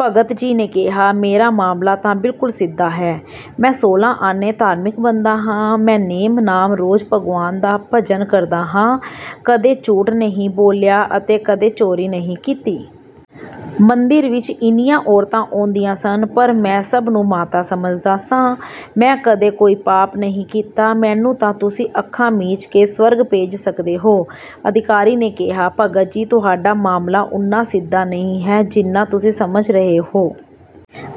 ਭਗਤ ਜੀ ਨੇ ਕਿਹਾ, "ਮੇਰਾ ਮਾਮਲਾ ਤਾਂ ਬਿਲਕੁਲ ਸਿੱਧਾ ਹੈ। ਮੈਂ ਸੋਲ੍ਹਾਂ ਆਨੇ ਧਾਰਮਿਕ ਬੰਦਾ ਹਾਂ। ਮੈਂ ਨੇਮ ਨਾਲ ਰੋਜ਼ ਭਗਵਾਨ ਦਾ ਭਜਨ ਕਰਦਾ ਹਾਂ। ਕਦੇ ਝੂਠ ਨਹੀਂ ਬੋਲਿਆ ਅਤੇ ਕਦੇ ਚੋਰੀ ਨਹੀਂ ਕੀਤੀ। ਮੰਦਿਰ ਵਿੱਚ ਇੰਨੀਆਂ ਔਰਤਾਂ ਆਉਂਦੀਆਂ ਸਨ, ਪਰ ਮੈਂ ਸਭ ਨੂੰ ਮਾਤਾ ਸਮਝਦਾ ਸਾਂ। ਮੈਂ ਕਦੇ ਕੋਈ ਪਾਪ ਨਹੀਂ ਕੀਤਾ। ਮੈਨੂੰ ਤਾਂ ਤੁਸੀਂ ਅੱਖਾਂ ਮੀਚ ਕੇ ਸਵਰਗ ਭੇਜ ਸਕਦੇ ਹੋ।" ਅਧਿਕਾਰੀ ਨੇ ਕਿਹਾ, "ਭਗਤ ਜੀ, ਤੁਹਾਡਾ ਮਾਮਲਾ ਓਨਾ ਸਿੱਧਾ ਨਹੀਂ ਹੈ, ਜਿੰਨਾ ਤੁਸੀਂ ਸਮਝ ਰਹੇ ਹੋ।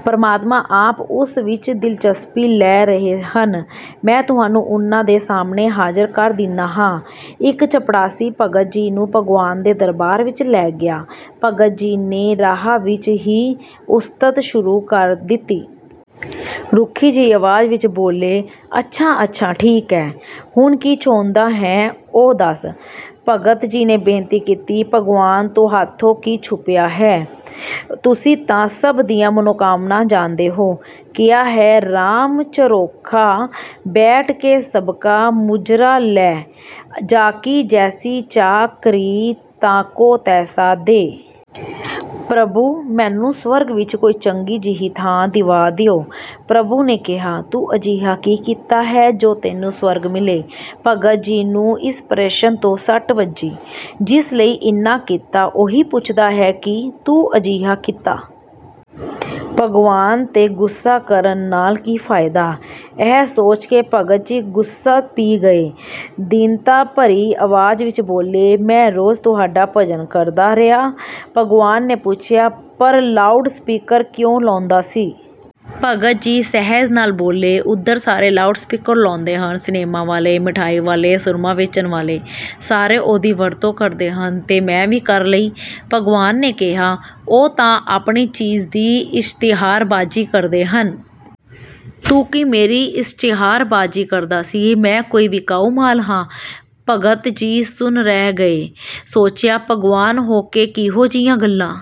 ਪਰਮਾਤਮਾ ਆਪ ਉਸ ਵਿੱਚ ਦਿਲਚਸਪੀ ਲੈ ਰਹੇ ਹਨ। ਮੈਂ ਤੁਹਾਨੂੰ ਉਨ੍ਹਾਂ ਦੇ ਸਾਹਮਣੇ ਹਾਜ਼ਰ ਕਰ ਦਿੰਨਾ ਹਾਂ।" ਇੱਕ ਚਪੜਾਸੀ ਭਗਤ ਜੀ ਨੂੰ ਭਗਵਾਨ ਦੇ ਦਰਬਾਰ ਵਿੱਚ ਲੈ ਗਿਆ। ਭਗਤ ਜੀ ਨੇ ਰਾਹ ਵਿੱਚ ਹੀ ਉਸਤਤ ਸ਼ੁਰੂ ਕਰ ਦਿੱਤੀ। ਰੁੱਖੀ ਜਿਹੀ ਆਵਾਜ਼ ਵਿੱਚ ਬੋਲੇ, "ਅੱਛਾ-ਅੱਛਾ ਠੀਕ ਐ। ਹੁਣ ਕੀ ਚਾਹੁੰਦਾ ਹੈਂ, ਉਹ ਦੱਸ?" ਭਗਤ ਜੀ ਨੇ ਬੇਨਤੀ ਕੀਤੀ, "ਭਗਵਾਨ, ਤੁਹਾਥੋਂ ਕੀ ਛੁਪਿਆ ਹੈ! ਤੁਸੀਂ ਤਾਂ ਸਭ ਦੀਆਂ ਮਨੋਕਾਮਨਾ ਜਾਣਦੇ ਹੋ! ਕਿਹਾ ਹੈ, 'ਰਾਮ, ਝਰੋਖਾ ਬੈਠ ਕੇ ਸਬਕਾ ਮੁਜਰਾ ਲੇ, ਜਾ ਕੀ ਜੈਸੀ ਚਾਕਰੀ ਤਾ ਕੋ ਤੈਸਾ ਦੇ!' ਪ੍ਰਭੂ, ਮੈਨੂੰ ਸਵਰਗ ਵਿੱਚ ਕੋਈ ਚੰਗੀ ਜਿਹੀ ਥਾਂ ਦਿਵਾ ਦਿਓ!" ਪ੍ਰਭੂ ਨੇ ਕਿਹਾ, "ਤੂੰ ਅਜਿਹਾ ਕੀ ਕੀਤਾ ਹੈ ਜੋ ਤੈਨੂੰ ਸਵਰਗ ਮਿਲੇ!" ਭਗਤ ਜੀ ਨੂੰ ਇਸ ਪ੍ਰਸ਼ਨ ਤੋਂ ਸੱਟ ਵੱਜੀ। ਜਿਸ ਲਈ ਇੰਨਾ ਕੀਤਾ, ਉਹੀ ਪੁੱਛਦਾ ਹੈ ਕਿ "ਤੂੰ ਅਜਿਹਾ ਕੀਤਾ!" ਭਗਵਾਨ 'ਤੇ ਗੁੱਸਾ ਕਰਨ ਨਾਲ ਕੀ ਫ਼ਾਇਦਾ? ਇਹ ਸੋਚ ਕੇ ਭਗਤ ਜੀ ਗੁੱਸਾ ਪੀ ਗਏ। ਦੀਨਤਾ ਭਰੀ ਆਵਾਜ਼ ਵਿੱਚ ਬੋਲੇ, "ਮੈਂ ਰੋਜ਼ ਤੁਹਾਡਾ ਭਜਨ ਕਰਦਾ ਰਿਹਾ।" ਭਗਵਾਨ ਨੇ ਪੁੱਛਿਆ, "ਪਰ ਲਾਊਡ ਸਪੀਕਰ ਕਿਉਂ ਲਾਉਂਦਾ ਸੀ?" ਭਗਤ ਜੀ ਸਹਿਜ ਨਾਲ ਬੋਲੇ, "ਉੱਧਰ ਸਾਰੇ ਲਾਊਡ ਸਪੀਕਰ ਲਾਉਂਦੇ ਹਨ। ਸਿਨਮਾ ਵਾਲੇ, ਮਿਠਾਈ ਵਾਲੇ, ਸੁਰਮਾ ਵੇਚਣ ਵਾਲੇ- ਸਾਰੇ ਉਹਦੀ ਵਰਤੋਂ ਕਰਦੇ ਹਨ, ਤੇ ਮੈਂ ਵੀ ਕਰ ਲਈ।" ਭਗਵਾਨ ਨੇ ਕਿਹਾ, "ਉਹ ਤਾਂ ਆਪਣੀ ਚੀਜ਼ ਦੀ ਇਸ਼ਤਿਹਾਰਬਾਜ਼ੀ ਕਰਦੇ ਹਨ। ਤੂੰ ਕੀ ਮੇਰੀ ਇਸ਼ਤਿਹਾਰਬਾਜ਼ੀ ਕਰਦਾ ਸੀ? ਮੈਂ ਕੋਈ ਵਿਕਾਊ ਮਾਲ ਹਾਂ?" ਭਗਤ ਜੀ ਸੁੰਨ ਰਹਿ ਗਏ। ਸੋਚਿਆ, ਭਗਵਾਨ ਹੋ ਕੇ ਕਿਹੋ ਜਿਹੀਆਂ ਗੱਲਾਂ